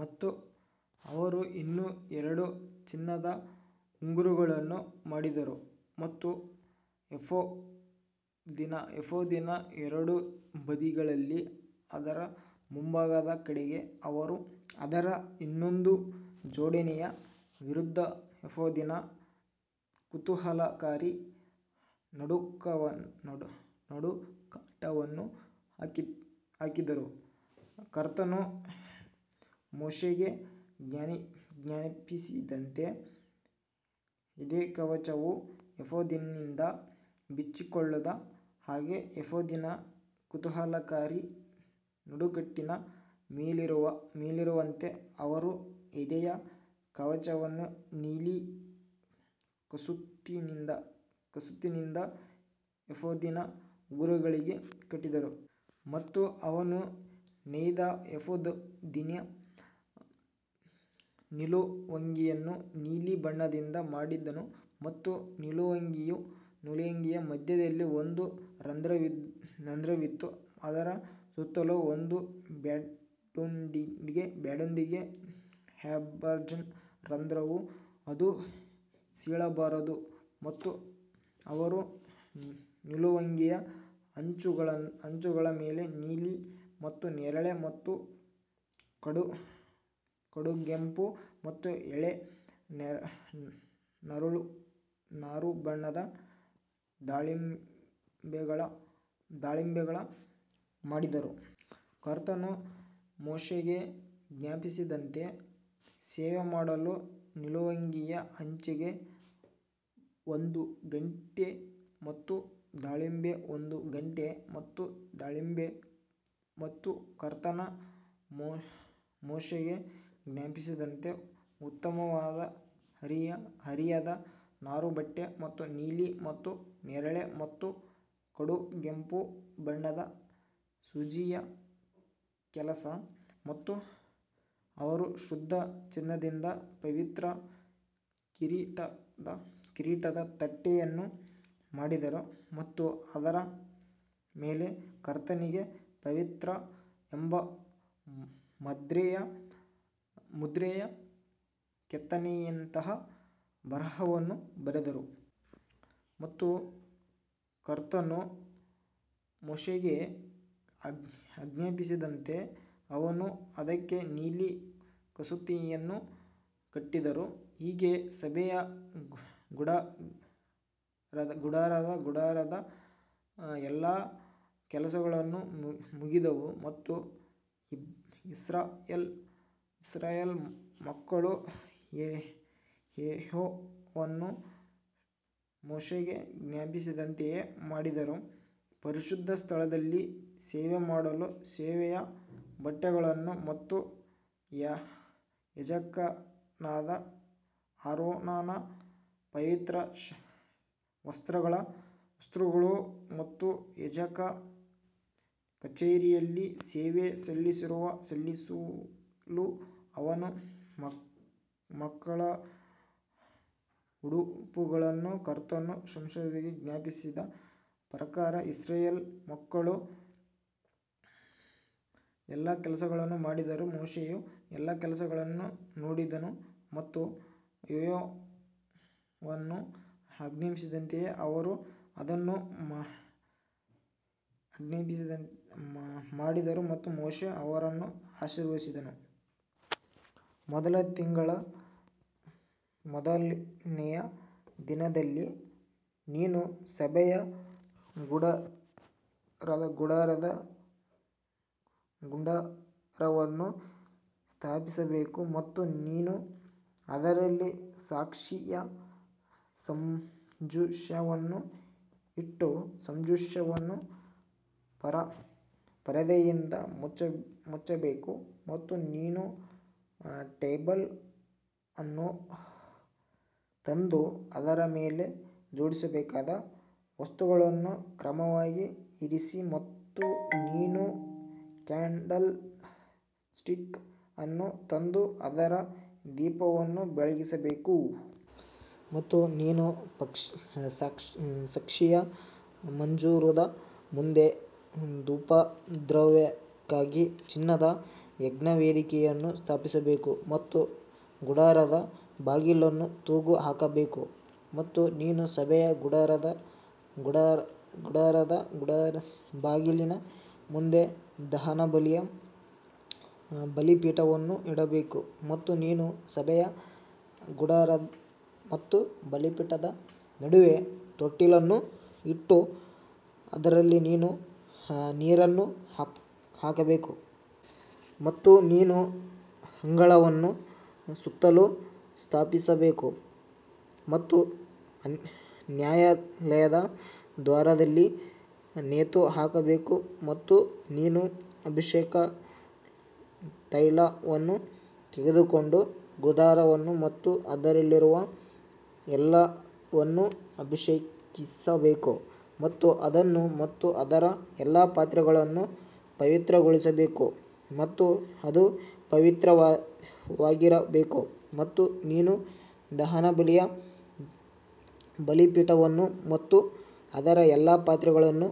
ಮತ್ತು ಅವರು ಇನ್ನೂ ಎರಡು ಚಿನ್ನದ ಉಂಗುರಗಳನ್ನು ಮಾಡಿದರು ಮತ್ತು ಎಫೋದಿನ ಎರಡು ಬದಿಗಳಲ್ಲಿ ಅದರ ಮುಂಭಾಗದ ಕಡೆಗೆ ಅದರ ಇನ್ನೊಂದು ಜೋಡಣೆಯ ವಿರುದ್ಧ ಎಫೋದಿನ ಕುತೂಹಲಕಾರಿ ನಡುಕಟ್ಟನ್ನು ಹಾಕಿದರು. ಕರ್ತನು ಮೋಶೆಗೆ ಆಜ್ಞಾಪಿಸಿದಂತೆ ಎದೆಕವಚವು ಏಫೋದಿನಿಂದ ಬಿಚ್ಚಿಕೊಳ್ಳದ ಹಾಗೆ ಎಫೋದಿನ ಕುತೂಹಲಕಾರಿ ನಡುಕಟ್ಟಿನ ಮೇಲಿರುವಂತೆ ಅವರು ಎದೆಯ ಕವಚವನ್ನು ನೀಲಿ ಕಸೂತಿಯಿಂದ ಏಫೋದಿನ ಉಂಗುರಗಳಿಗೆ ಕಟ್ಟಿದರು. ಮತ್ತು ಅವನು ನೇಯ್ದ ಎಫೋದಿನ ನಿಲುವಂಗಿಯನ್ನು ನೀಲಿ ಬಣ್ಣದಿಂದ ಮಾಡಿದನು ಮತ್ತು ನಿಲುವಂಗಿಯ ಮಧ್ಯದಲ್ಲಿ ಒಂದು ರಂಧ್ರವಿತ್ತು, ಅದರ ಸುತ್ತಲೂ ಒಂದು ಬ್ಯಾಂಡ್ನೊಂದಿಗೆ ಹ್ಯಾಬರ್ಜನ್ನ ರಂಧ್ರವು ಅದು ಸೀಳಬಾರದು. ಮತ್ತು ಅವರು ನಿಲುವಂಗಿಯ ಅಂಚುಗಳ ಮೇಲೆ ನೀಲಿ ಮತ್ತು ನೇರಳೆ ಮತ್ತು ಕಡುಗೆಂಪು ಮತ್ತು ಎಳೆ ನಾರುಬಣ್ಣದ ದಾಳಿಂಬೆಗಳನ್ನು ಮಾಡಿದರು. ಕರ್ತನು ಮೋಶೆಗೆ ಆಜ್ಞಾಪಿಸಿದಂತೆ ಸೇವೆಮಾಡಲು ನಿಲುವಂಗಿಯ ಅಂಚಿಗೆ ಒಂದು ಗಂಟೆ ಮತ್ತು ದಾಳಿಂಬೆ ಒಂದು ಗಂಟೆ ಮತ್ತು ದಾಳಿಂಬೆ ಮತ್ತು ಕರ್ತನು ಮೋಶೆಗೆ ಆಜ್ಞಾಪಿಸಿದಂತೆ ಉತ್ತಮವಾದ ಹುರಿದ ನಾರುಬಟ್ಟೆ ಮತ್ತು ನೀಲಿ ಮತ್ತು ನೇರಳೆ ಮತ್ತು ಕಡುಗೆಂಪು ಬಣ್ಣದ ಸೂಜಿಯ ಕೆಲಸ ಮತ್ತು ಅವರು ಶುದ್ಧ ಚಿನ್ನದಿಂದ ಪವಿತ್ರ ಕಿರೀಟದ ತಟ್ಟೆಯನ್ನು ಮಾಡಿದರು ಮತ್ತು ಅದರ ಮೇಲೆ ಕರ್ತನಿಗೆ ಪವಿತ್ರ ಎಂಬ ಮುದ್ರೆಯ ಕೆತ್ತನೆಯಂತಹ ಬರಹವನ್ನು ಬರೆದರು. ಮತ್ತು ಕರ್ತನು ಮೋಶೆಗೆ ಆಜ್ಞಾಪಿಸಿದಂತೆ ಅವರು ಅದಕ್ಕೆ ನೀಲಿ ಕಸೂತಿಯನ್ನು ಕಟ್ಟಿದರು. ಹೀಗೆ ಸಭೆಯ ಗುಡಾರದ ಗುಡಾರದ ಎಲ್ಲಾ ಕೆಲಸಗಳು ಮುಗಿದವು ಮತ್ತು ಇಸ್ರಾಯೇಲ್ ಮಕ್ಕಳು ಯೆಹೋವನು ಮೋಶೆಗೆ ಆಜ್ಞಾಪಿಸಿದಂತೆಯೇ ಮಾಡಿದರು. ಪರಿಶುದ್ಧ ಸ್ಥಳದಲ್ಲಿ ಸೇವೆಮಾಡಲು ಸೇವೆಯ ಬಟ್ಟೆಗಳು ಮತ್ತು ಯಾಜಕನಾದ ಆರೋನನ ಪವಿತ್ರ ವಸ್ತ್ರಗಳು ಮತ್ತು ಯಾಜಕ ಕಚೇರಿಯಲ್ಲಿ ಸೇವೆ ಸಲ್ಲಿಸಲು ಅವನ ಮಕ್ಕಳ ಉಡುಪುಗಳು ಕರ್ತನು ಮೋಶೆಗೆ ಆಜ್ಞಾಪಿಸಿದ ಪ್ರಕಾರ ಇಸ್ರಾಯೇಲ್ ಮಕ್ಕಳು ಎಲ್ಲಾ ಕೆಲಸಗಳನ್ನು ಮಾಡಿದರು ಮೋಶೆಯು ಎಲ್ಲಾ ಕೆಲಸವನ್ನು ನೋಡಿದನು ಮತ್ತು ಯೆಹೋವನು ಆಜ್ಞಾಪಿಸಿದಂತೆಯೇ ಅವರು ಅದನ್ನು ಮಾಡಿದರು ಮತ್ತು ಮೋಶೆ ಅವರನ್ನು ಆಶೀರ್ವದಿಸಿದನು. ಮೊದಲ ತಿಂಗಳ ಮೊದಲನೆಯ ದಿನದಲ್ಲಿ ನೀನು ಸಭೆಯ ಗುಡಾರದ ಗುಡಾರವನ್ನು ಸ್ಥಾಪಿಸಬೇಕು. ಮತ್ತು ನೀನು ಅದರಲ್ಲಿ ಸಾಕ್ಷಿಯ ಮಂಜೂಷವನ್ನು ಇಟ್ಟು ಮಂಜೂಷವನ್ನು ಪರದೆಯಿಂದ ಮುಚ್ಚಬೇಕು ಮತ್ತು ನೀವು ಟೇಬಲ್ ಅನ್ನು ತಂದು ಅದರ ಮೇಲೆ ಜೋಡಿಸಬೇಕಾದ ವಸ್ತುಗಳನ್ನು ಕ್ರಮವಾಗಿ ಇರಿಸಿ ಮತ್ತು ನೀವು ಕ್ಯಾಂಡಲ್ ಸ್ಟಿಕ್ ಅನ್ನು ತಂದು ಅದರ ದೀಪಗಳನ್ನು ಬೆಳಗಿಸಬೇಕು. ಮತ್ತು ನೀನು ಸಾಕ್ಷಿಯ ಮಂಜೂಷದ ಮುಂದೆ ಧೂಪದ್ರವ್ಯಕ್ಕಾಗಿ ಚಿನ್ನದ ಯಜ್ಞವೇದಿಯನ್ನು ಸ್ಥಾಪಿಸಬೇಕು ಮತ್ತು ಗುಡಾರದ ಬಾಗಿಲನ್ನು ತೂಗು ಹಾಕಬೇಕು. ಮತ್ತು ನೀನು ಸಭೆಯ ಗುಡಾರದ ಗುಡಾರದ ಬಾಗಿಲಿನ ಮುಂದೆ ದಹನಬಲಿಯ ಬಲಿಪೀಠವನ್ನು ಇಡಬೇಕು. ಮತ್ತು ನೀನು ಸಭೆಯ ಗುಡಾರ ಮತ್ತು ಬಲಿಪೀಠದ ನಡುವೆ ತೊಟ್ಟಿಯನ್ನು ಇಟ್ಟು ಅದರಲ್ಲಿ ನೀರನ್ನು ಹಾಕಬೇಕು. ಮತ್ತು ನೀನು ಅಂಗಳವನ್ನು ಸುತ್ತಲೂ ಸ್ಥಾಪಿಸಬೇಕು ಮತ್ತು ನ್ಯಾಯಾಲಯದ ದ್ವಾರದಲ್ಲಿ ನೇತುಹಾಕಬೇಕು ಮತ್ತು ನೀನು ಅಭಿಷೇಕ ತೈಲವನ್ನು ತೆಗೆದುಕೊಂಡು ಗುಡಾರವನ್ನು ಮತ್ತು ಅದರಲ್ಲಿರುವ ಎಲ್ಲವನ್ನೂ ಅಭಿಷೇಕಿಸಬೇಕು ಮತ್ತು ಅದನ್ನು ಮತ್ತು ಅದರ ಎಲ್ಲಾ ಪಾತ್ರೆಗಳನ್ನು ಪವಿತ್ರಗೊಳಿಸಬೇಕು ಮತ್ತು ಅದು ಪವಿತ್ರವಾಗಿರಬೇಕು. ಮತ್ತು ನೀನು ದಹನಬಲಿಯ ಬಲಿಪೀಠವನ್ನು ಮತ್ತು ಅದರ ಎಲ್ಲಾ ಪಾತ್ರೆಗಳನ್ನು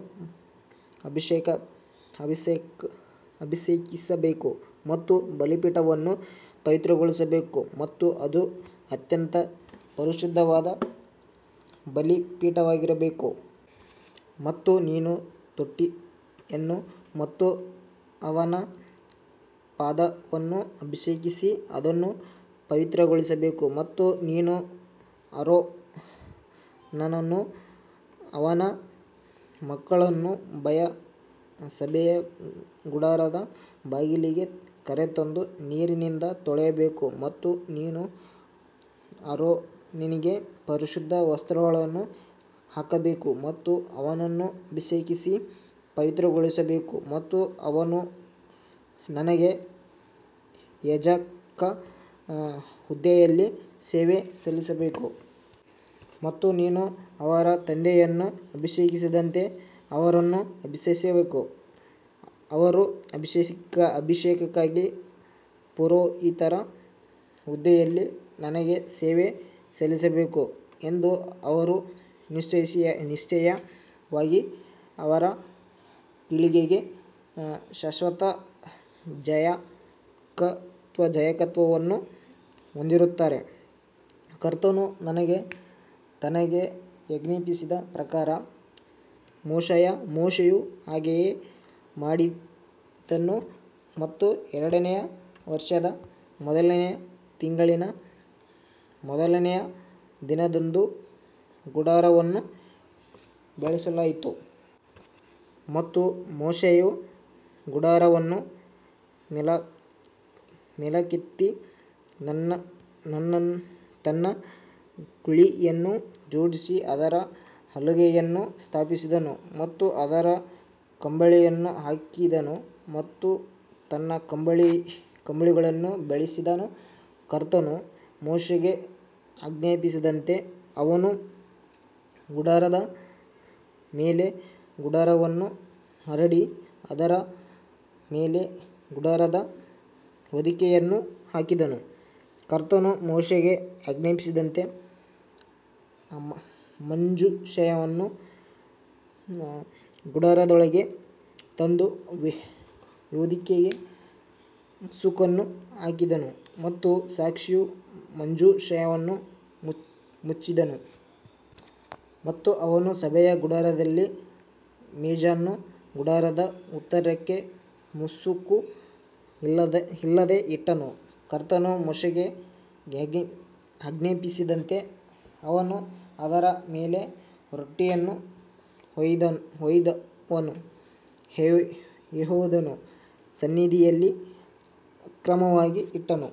ಅಭಿಷೇಕಿಸಬೇಕು ಮತ್ತು ಬಲಿಪೀಠವನ್ನು ಪವಿತ್ರಗೊಳಿಸಬೇಕು ಮತ್ತು ಅದು ಅತ್ಯಂತ ಪರಿಶುದ್ಧವಾದ ಬಲಿಪೀಠವಾಗಿರಬೇಕು. ಮತ್ತು ನೀನು ತೊಟ್ಟಿಯನ್ನು ಮತ್ತು ಅವನ ಪಾದವನ್ನು ಅಭಿಷೇಕಿಸಿ ಅದನ್ನು ಪವಿತ್ರಗೊಳಿಸಬೇಕು ಮತ್ತು ನೀನು ಆರೋನನನ್ನೂ ಅವನ ಮಕ್ಕಳನ್ನೂ ಸಭೆಯ ಗುಡಾರದ ಬಾಗಿಲಿಗೆ ಕರೆತಂದು ನೀರಿನಿಂದ ತೊಳೆಯಬೇಕು. ಮತ್ತು ನೀನು ಆರೋನನಿಗೆ ಪರಿಶುದ್ಧ ವಸ್ತ್ರಗಳನ್ನು ಹಾಕಬೇಕು ಮತ್ತು ಅವನನ್ನು ಅಭಿಷೇಕಿಸಿ ಪವಿತ್ರಗೊಳಿಸಬೇಕು ಮತ್ತು ಅವನು ನನಗೆ ಯಾಜಕ ಹುದ್ದೆಯಲ್ಲಿ ಸೇವೆ ಸಲ್ಲಿಸಬೇಕು. ಮತ್ತು ನೀನು ಅವರ ತಂದೆಯನ್ನು ಅಭಿಷೇಕಿಸಿದಂತೆ ಅವರನ್ನು ಅಭಿಷೇಕಿಸಬೇಕು, ಅವರು ಅಭಿಷೇಕಕ್ಕಾಗಿ ಪುರೋಹಿತರ ಹುದ್ದೆಯಲ್ಲಿ ನನಗೆ ಸೇವೆ ಸಲ್ಲಿಸಬೇಕು ಎಂದು ಅವರು ನಿಶ್ಚಯವಾಗಿ ಅವರ ಪೀಳಿಗೆಗೆ ಶಾಶ್ವತ ಯಾಜಕತ್ವವನ್ನು ಹೊಂದಿರುತ್ತಾರೆ. ಕರ್ತನು ತನಗೆ ಆಜ್ಞಾಪಿಸಿದ ಪ್ರಕಾರ ಮೋಶೆಯು ಹಾಗೆಯೇ ಮಾಡಿದನು ಮತ್ತು ಎರಡನೆಯ ವರ್ಷದ ಮೊದಲನೆಯ ತಿಂಗಳಿನ ಮೊದಲನೆಯ ದಿನದಂದು ಗುಡಾರವನ್ನು ಬೆಳೆಸಲಾಯಿತು. ಮತ್ತು ಮೋಶೆಯು ಗುಡಾರವನ್ನು ಮೇಲಕ್ಕೆತ್ತಿ ತನ್ನ ಕುಳಿಗಳನ್ನು ಜೋಡಿಸಿ ಅದರ ಹಲಗೆಗಳನ್ನು ಸ್ಥಾಪಿಸಿದನು ಮತ್ತು ಅದರ ಕಂಬಿಗಳನ್ನು ಹಾಕಿದನು ಮತ್ತು ತನ್ನ ಕಂಬಗಳನ್ನು ಬೆಳೆಸಿದನು. ಕರ್ತನು ಮೋಶೆಗೆ ಆಜ್ಞಾಪಿಸಿದಂತೆ ಅವನು ಗುಡಾರದ ಮೇಲೆ ಗುಡಾರವನ್ನು ಹರಡಿ ಅದರ ಮೇಲೆ ಗುಡಾರದ ಹೊದಿಕೆಯನ್ನು ಹಾಕಿದನು. ಕರ್ತನು ಮೋಶೆಗೆ ಆಜ್ಞಾಪಿಸಿದಂತೆ ಮಂಜೂಷವನ್ನು ಗುಡಾರದೊಳಗೆ ತಂದು ಹೊದಿಕೆಯ ಮುಸುಕನ್ನು ಹಾಕಿದನು ಮತ್ತು ಸಾಕ್ಷಿಯ ಮಂಜೂಷವನ್ನು ಮುಚ್ಚಿದನು. ಮತ್ತು ಅವನು ಸಭೆಯ ಗುಡಾರದಲ್ಲಿ ಮೇಜನ್ನು ಗುಡಾರದ ಉತ್ತರಕ್ಕೆ ಮುಸುಕು ಇಲ್ಲದೆ ಇಟ್ಟನು. ಕರ್ತನು ಮೋಶೆಗೆ ಆಜ್ಞಾಪಿಸಿದಂತೆ ಅವನು ಅದರ ಮೇಲೆ ರೊಟ್ಟಿಯನ್ನು ಯೆಹೋವನ ಸನ್ನಿಧಿಯಲ್ಲಿ ಕ್ರಮವಾಗಿ ಇಟ್ಟನು.